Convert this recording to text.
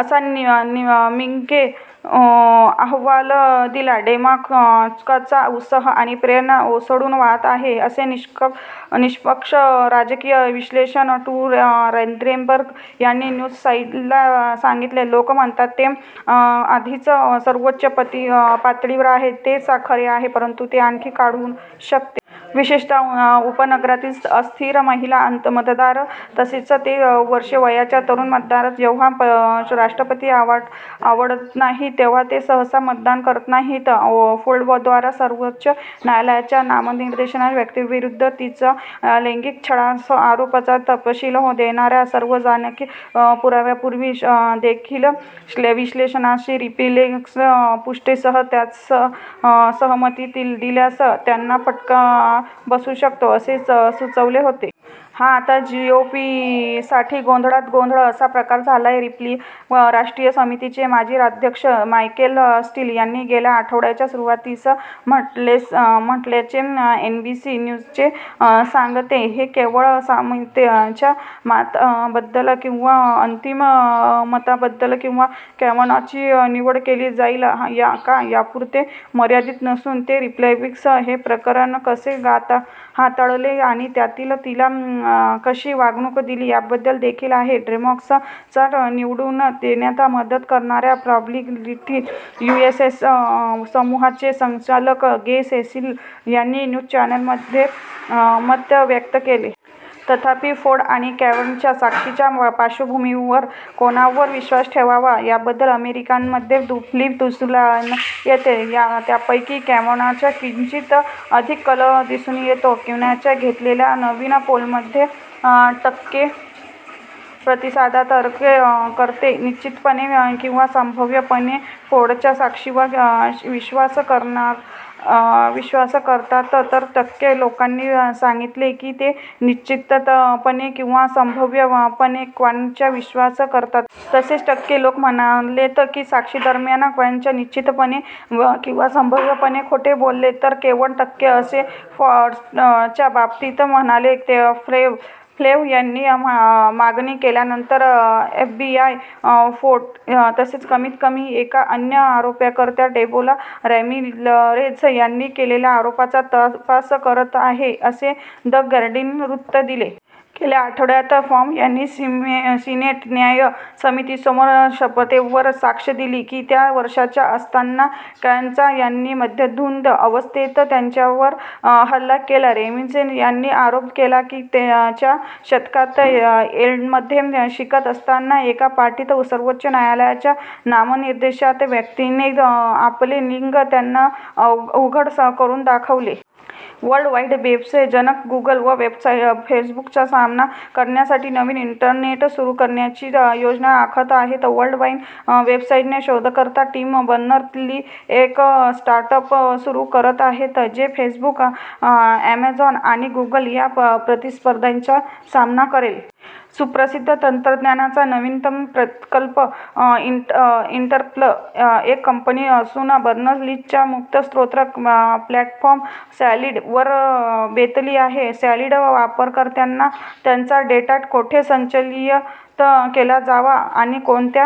असा मिकने अहवाल दिला. "डेमॉक्रॅटचा उत्साह आणि प्रेरणा ओसंडून वाहत आहे," असे निष्पक्ष राजकीय विश्लेषक, स्टु रॉदेनबर्ग यांनी न्यूज साइटला सांगितले. "लोक म्हणतात ते आधीच सर्वोच्च पातळीवर आहे; ते खरे आहे. परंतु ते आणखी वाढू शकते. विशेषतः उपनगरातील अस्थिर महिला मतदारांना, तसेच ते -वर्षे-वयाच्या तरुण मतदारांना जेव्हा राष्ट्रपती आवडत नाहीत, तेव्हा ते सहसा मतदान करत नाहीत. " फोर्डद्वारा सर्वोच्च न्यायालयाच्या नामनिर्देशित व्यक्तीविरुद्ध तिच्या लैंगिक छळाच्या आरोपांचा तपशील देणाऱ्या सार्वजनिक पुराव्यापूर्वी देखील, विश्लेषकांनी रिपब्लिकन्सनी पुष्टीसह त्यास सहमती दिल्यास त्यांना फटका बसू शकतो असे सुचवले होते. "हा आता जीओपीसाठी गोंधळात गोंधळ असा प्रकार झालाय," रिपब्लिकन राष्ट्रीय समितीचे माजी अध्यक्ष, मायकेल स्टील यांनी गेल्या आठवड्याच्या सुरुवातीस म्हटल्याचे एनबीसी न्यूजने सांगितले. "हे केवळ समितीच्या मताबद्दल किंवा अंतिम मताबद्दल किंवा कॅवानॉची निवड केली जाईल का यापुरते मर्यादित नसून, ते रिपब्लिकन्सनी हे प्रकरण कसे हाताळले आणि त्यांनी तिला कशी वागणूक दिली याबद्दल देखील आहे," डेमॉक्रॅट्सना निवडून देण्यात मदत करणाऱ्या प्रायॉरिटिज युएसए समूहाचे संचालक, गे सेसिल यांनी न्यूज चॅनेलकडे मत व्यक्त केले. तथापि, फोर्ड आणि कॅवानॉच्या साक्षींच्या पार्श्वभूमीवर, कोणावर विश्वास ठेवावा याबद्दल अमेरिकनांमध्ये दुफळी दिसून येतो, त्यापैकी कॅवानॉच्या किंचित अधिक कल दिसून येतो. युगव्हनी घेतलेल्या नवीन पोलमध्ये टक्के प्रतिसादकर्ते निश्चितपणे किंवा संभाव्यपणे फोर्डच्या साक्षीवर विश्वास करतात तर, टक्के लोकांनी सांगितले की ते निश्चितपणे किंवा संभाव्यपणे कॅवानॉवर विश्वास करतात. तसेच, टक्के लोक म्हणालेत की साक्षीदरम्यान कॅवानॉ निश्चितपणे किंवा संभाव्यपणे खोटे बोलले तर, केवळ टक्के असे फोर्डच्या बाबतीत म्हणाले. फ्लेक यांनी मागणी केल्यानंतर, एफबीआय फोर्ड तसेच कमीत कमी एका अन्य आरोपकर्त्या डेबोरा रामिरेझ यांनी केलेल्या आरोपांचा तपास करत आहे, असे द गार्डियनने वृत्त दिले. गेल्या आठवड्यात फोर्ड यांनी सिनेट न्याय समितीसमोर शपथेवर साक्ष दिली की त्या वर्षांच्या असताना कॅवानॉ यांनी मद्यधुंद अवस्थेत त्यांच्यावर हल्ला केला. रामिरेझ यांनी आरोप केला की च्या दशकात येलमध्ये शिकत असताना एका पार्टीत सर्वोच्च न्यायालयाच्या नामनिर्देशित व्यक्तीने आपले लिंग त्यांना उघड करून दाखवले. वर्ल्ड वाइड वेबचे जनक गुगल व फेसबुकचा सामना करण्यासाठी नवीन इंटरनेट सुरु करण्याची योजना आखत आहेत वर्ल्ड वाइड वेबचे शोधकर्ता टिम बर्नर्स-ली एक स्टार्टअप सुरु करत आहे जे फेसबुक, अॅमेझॉन आणि गुगल या प्रतिस्पर्ध्यांचा सामना करेल. सुप्रसिद्ध तंत्रज्ञाचा नवीनतम प्रकल्प, 'इनरप्ट', एक कंपनी असून बर्नर्स-लीच्या मुक्त स्रोत प्लॅटफॉर्म 'सॉलिड' वर बेतली आहे. सॉलिड वापरकर्त्यांना त्यांचा डेटा कोठे संचयित केला जावा आणि कोणत्या